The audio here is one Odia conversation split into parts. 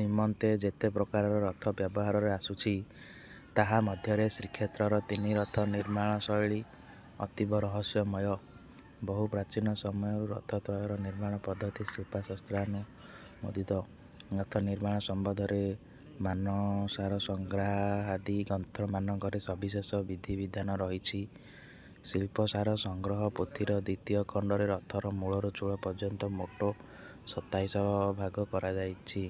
ନିମନ୍ତେ ଯେତେ ପ୍ରକାରର ରଥ ବ୍ୟବହାରରେ ଆସୁଛି, ତାହା ମଧ୍ୟରେ ଶ୍ରୀକ୍ଷେତ୍ରର ତିନି ରଥ ନିର୍ମାଣ ଶୈଳୀ ଅତୀବ ରହସ୍ୟମୟ। ବହୁ ପ୍ରାଚୀନ ସମୟରୁ ରଥତ୍ରୟର ନିର୍ମାଣ ପଦ୍ଧତି ଶିଳ୍ପଶାସ୍ତ୍ରାନୁମୋଦିତ। ରଥ ନିର୍ମାଣ ସମ୍ବନ୍ଧରେ ମାନସାର ସଂଗ୍ରହାଦି ଗ୍ରନ୍ଥମାନଙ୍କରେ ସବିଶେଷ ବିଧିବିଧାନ ରହିଛି। ଶିଳ୍ପସାର ସଂଗ୍ରହ ପୋଥିର ଦ୍ୱିତୀୟ ଖଣ୍ଡରେ ରଥର ମୂଳରୁ ଚୂଳ ପର୍ଯ୍ୟନ୍ତ ମୋଟ ସତାଇଶି ଭାଗ କରାଯାଇଛି।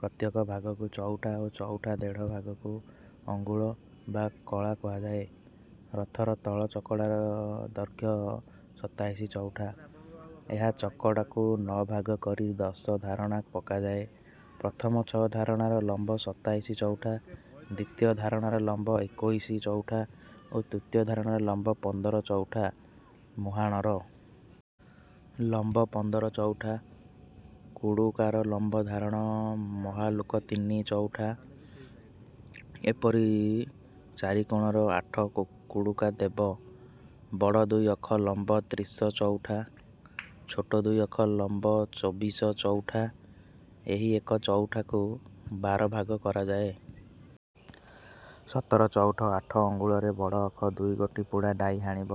ପ୍ରତ୍ୟେକ ଭାଗକୁ ଚଉଠା ଓ ଚଉଠା ଦେଢ଼ ଭାଗକୁ ଅଙ୍ଗୁଳ ବା କଳା କୁହାଯାଏ। ରଥର ତଳ ଚକଡ଼ାର ଦୈର୍ଘ୍ୟ ସତାଇଶି ଚଉଠା। ଏହି ଚକଡ଼ାକୁ ନଅ ଭାଗ କରି ଦଶ ଧାରଣା ପକାଯାଏ। ପ୍ରଥମ ଛଅ ଧାରଣାର ଲମ୍ବ ସତାଇଶି ଚଉଠା, ଦ୍ୱିତୀୟ ଧାରଣାର ଲମ୍ବ ଏକୋଇଶି ଚଉଠା ଓ ତୃତୀୟ ଧାରଣାର ଲମ୍ବ ପନ୍ଦର ଚଉଠା। ମୁହାଣର ଲମ୍ବ ପନ୍ଦର ଚଉଠା, କୁଡ଼ୁକାର ଲମ୍ବ ଧାରଣ ମହଲାକୁ ତିନି ଚଉଠା, ଏପରି ଚାରି କୋଣରେ ଆଠ କୁଡ଼ୁକା ଦେବ। ବଡ଼ ଦୁଇ ଅଖ ଲମ୍ବ ତ୍ରିଶ ଚଉଠା, ଛୋଟ ଦୁଇ ଅଖ ଲମ୍ବ ଚୋବିଶ ଚଉଠା। ଏହି ଏକ ଚଉଠାକୁ ବାର ଭାଗ କରାଯାଏ। ସତର ଚଉଠ ଆଠ ଅଙ୍ଗୁଳରେ ବଡ଼ ଅଖ ଦୁଇଗୋଟି ପୁଡ଼ା ଡାଇ ହାଣିବ।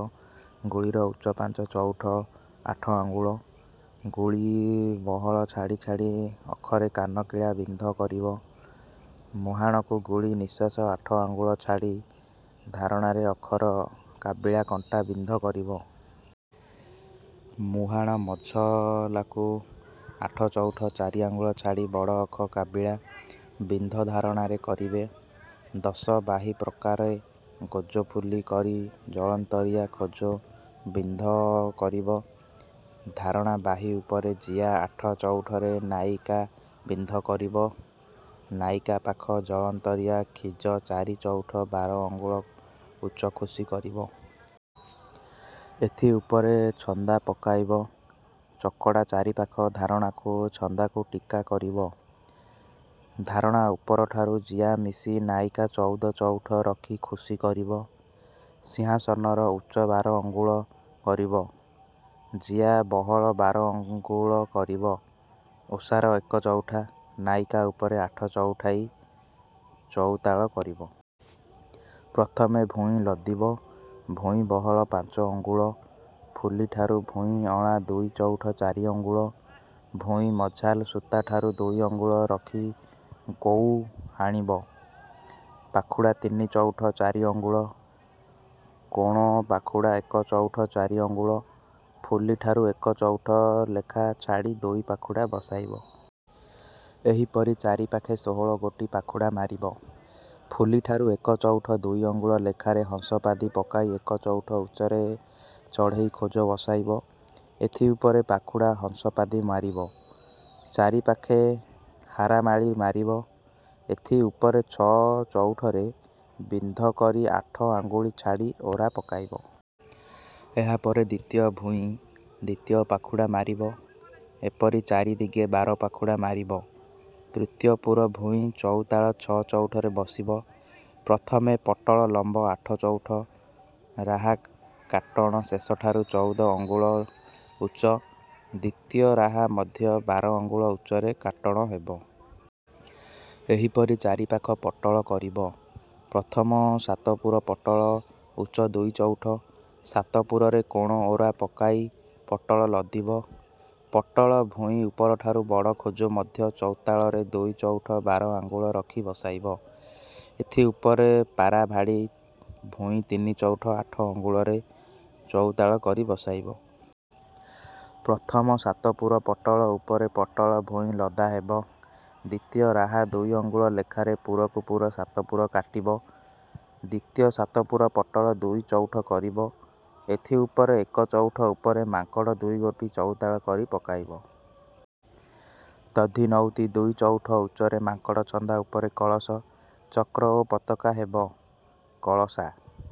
ଗୁଳିର ଉଚ୍ଚ ପାଞ୍ଚ ଚଉଠ ଆଠ ଅଙ୍ଗୁଳ। ଗୁଳି ବହଳ ଛାଡ଼ି ଛାଡ଼ି ଅଖରେ କାନ କିଳା ବିନ୍ଧ କରିବ। ମୁହାଣକୁ ଗୁଳି ନିଶ୍ୱାସ ଆଠ ଅଙ୍ଗୁଳ ଛାଡ଼ି ଧାରଣାରେ ଅଖର କାବିଳା କଣ୍ଟା ବିନ୍ଧ କରିବ। ମୁହାଣ ମଝାଲକୁ ଆଠ ଚଉଠ ଚାରି ଅଙ୍ଗୁଳ ଛାଡ଼ି ବଡ଼ ଅଖ କାବିଳା ବିନ୍ଧ ଧାରଣାରେ କରିବେ। ଦଶ ବାହି ପ୍ରକାରେ ଗୋଜଫୁଲି କରି ଜଳନ୍ତରିଆ ଖୋଜ ବିନ୍ଧ କରିବ। ଧାରଣା ବାହି ଉପରେ ଜିଆ ଆଠ ଚଉଠରେ ନାଇକା ବିନ୍ଧ କରିବ। ନାଇକା ପାଖ ଜଳନ୍ତରିଆ ଖିଜ ଚାରି ଚଉଠ ବାର ଅଙ୍ଗୁଳ ଉଚ୍ଚ ଖୁସି କରିବ। ଏଥି ଉପରେ ଛନ୍ଦା ପକାଇବ। ଚକଡ଼ା ଚାରିପାଖ ଧାରଣାକୁ ଛନ୍ଦାକୁ ଟୀକା କରିବ। ଧାରଣା ଉପରଠାରୁ ଜିଆ ମିଶି ନାଇକା ଚଉଦ ଚଉଠ ରଖି ଖୁସି କରିବ। ସିଂହାସନର ଉଚ୍ଚ ବାର ଅଙ୍ଗୁଳ କରିବ। ଜିଆ ବହଳ ବାର ଆଙ୍ଗୁଳ କରିବ। ଓସାର ଏକ ଚଉଠା, ନାଇକା ଉପରେ ଆଠ ଚଉଠାଇ ଚଉତାଳ କରିବ। ପ୍ରଥମେ ଭୂଇଁ ଲଦିବ। ଭୂଇଁ ବହଳ ପାଞ୍ଚ ଅଙ୍ଗୁଳ, ଫୁଲିଠାରୁ ଭୂଇଁ ଅଁଳା ଦୁଇ ଚଉଠ ଚାରି ଅଙ୍ଗୁଳ। ଭୂଇଁ ମଝାଲ ସୂତାଠାରୁ ଦୁଇ ଅଙ୍ଗୁଳ ରଖି ଗୈ ହାଣିବ। ପାଖୁଡ଼ା ତିନି ଚଉଠ ଚାରି ଅଙ୍ଗୁଳ, କୋଣ ପାଖୁଡ଼ା ଏକ ଚଉଠ ଚାରି ଅଙ୍ଗୁଳ, ଫୁଲିଠାରୁ ଏକ ଚଉଠ ଲେଖା ଛାଡ଼ି ଦୁଇ ପାଖୁଡ଼ା ବସାଇବ। ଏହିପରି ଚାରିପାଖେ ଷୋହଳଗୋଟି ପାଖୁଡ଼ା ମାରିବ। ଫୁଲିଠାରୁ ଏକ ଚଉଠ ଦୁଇ ଅଙ୍ଗୁଳ ଲେଖାରେ ହଂସପାଦି ପକାଇ ଏକ ଚଉଠ ଉଚ୍ଚରେ ଚଢ଼େଇ ଖୋଜ ବସାଇବ। ଏଥି ଉପରେ ପାଖୁଡ଼ା ହଂସପାଦି ମାରିବ। ଚାରିପାଖେ ହାରାମାଳି ମାରିବ। ଏଥି ଉପରେ ଛଅ ଚଉଠରେ ବିନ୍ଧ କରି ଆଠ ଅଙ୍ଗୁଳ ଛାଡ଼ି ଓରା ପକାଇବ। ଏହା ପରେ ଦ୍ୱିତୀୟ ଭୂଇଁ, ଦ୍ୱିତୀୟ ପାଖୁଡ଼ା ମାରିବ। ଏପରି ଚାରିଦିଗେ ବାର ପାଖୁଡ଼ା ମାରିବ। ତୃତୀୟ ପୁର ଭୂଇଁ ଚଉତାଳ ଛଅ ଚଉଠରେ ବସିବ। ପ୍ରଥମେ ପଟଳ ଲମ୍ବ ଆଠ ଚଉଠ, ରାହା କାଟଣ ଶେଷଠାରୁ ଚଉଦ ଅଙ୍ଗୁଳ ଉଚ୍ଚ, ଦ୍ୱିତୀୟ ରାହା ମଧ୍ୟ ବାର ଅଙ୍ଗୁଳ ଉଚ୍ଚରେ କାଟଣ ହେବ। ଏହିପରି ଚାରିପାଖ ପଟଳ କରିବ। ପ୍ରଥମ ସାତପୁର ପଟଳ ଉଚ୍ଚ ଦୁଇ ଚଉଠ, ସାତପୁରରେ କୋଣ ଓରା ପକାଇ ପଟଳ ଲଦିବ। ପଟଳ ଭୂଇଁ ଉପରଠାରୁ ବଡ଼ ଖୋଜ ମଧ୍ୟ ଚୌତାଳରେ ଦୁଇ ଚଉଠ ବାର ଅଙ୍ଗୁଳ ରଖି ବସାଇବ। ଏଥି ଉପରେ ପାରାଭାଡ଼ି ଭୂଇଁ ତିନି ଚଉଠ ଆଠ ଅଙ୍ଗୁଳରେ ଚଉତାଳ କରି ବସାଇବ। ପ୍ରଥମ ସାତପୁର ପଟଳ ଉପରେ ପଟଳ ଭୂଇଁ ଲଦା ହେବ। ଦ୍ୱିତୀୟ ରାହା ଦୁଇ ଅଙ୍ଗୁଳ ଲେଖାରେ ପୁରକୁ ପୁର ସାତପୁର କାଟିବ। ଦ୍ୱିତୀୟ ସାତପୁର ପଟଳ ଦୁଇ ଚଉଠ କରିବ। ଏଥି ଉପରେ ଏକ ଚଉଠ ଉପରେ ମାଙ୍କଡ଼ ଦୁଇଗୋଟି ଚଉତାଳ କରି ପକାଇବ। ଦଧିନଉତି ଦୁଇ ଚଉଠ ଉଚ୍ଚରେ ମାଙ୍କଡ଼ଛନ୍ଦା ଉପରେ କଳସ, ଚକ୍ର ଓ ପତାକା ହେବ। କଳଶା।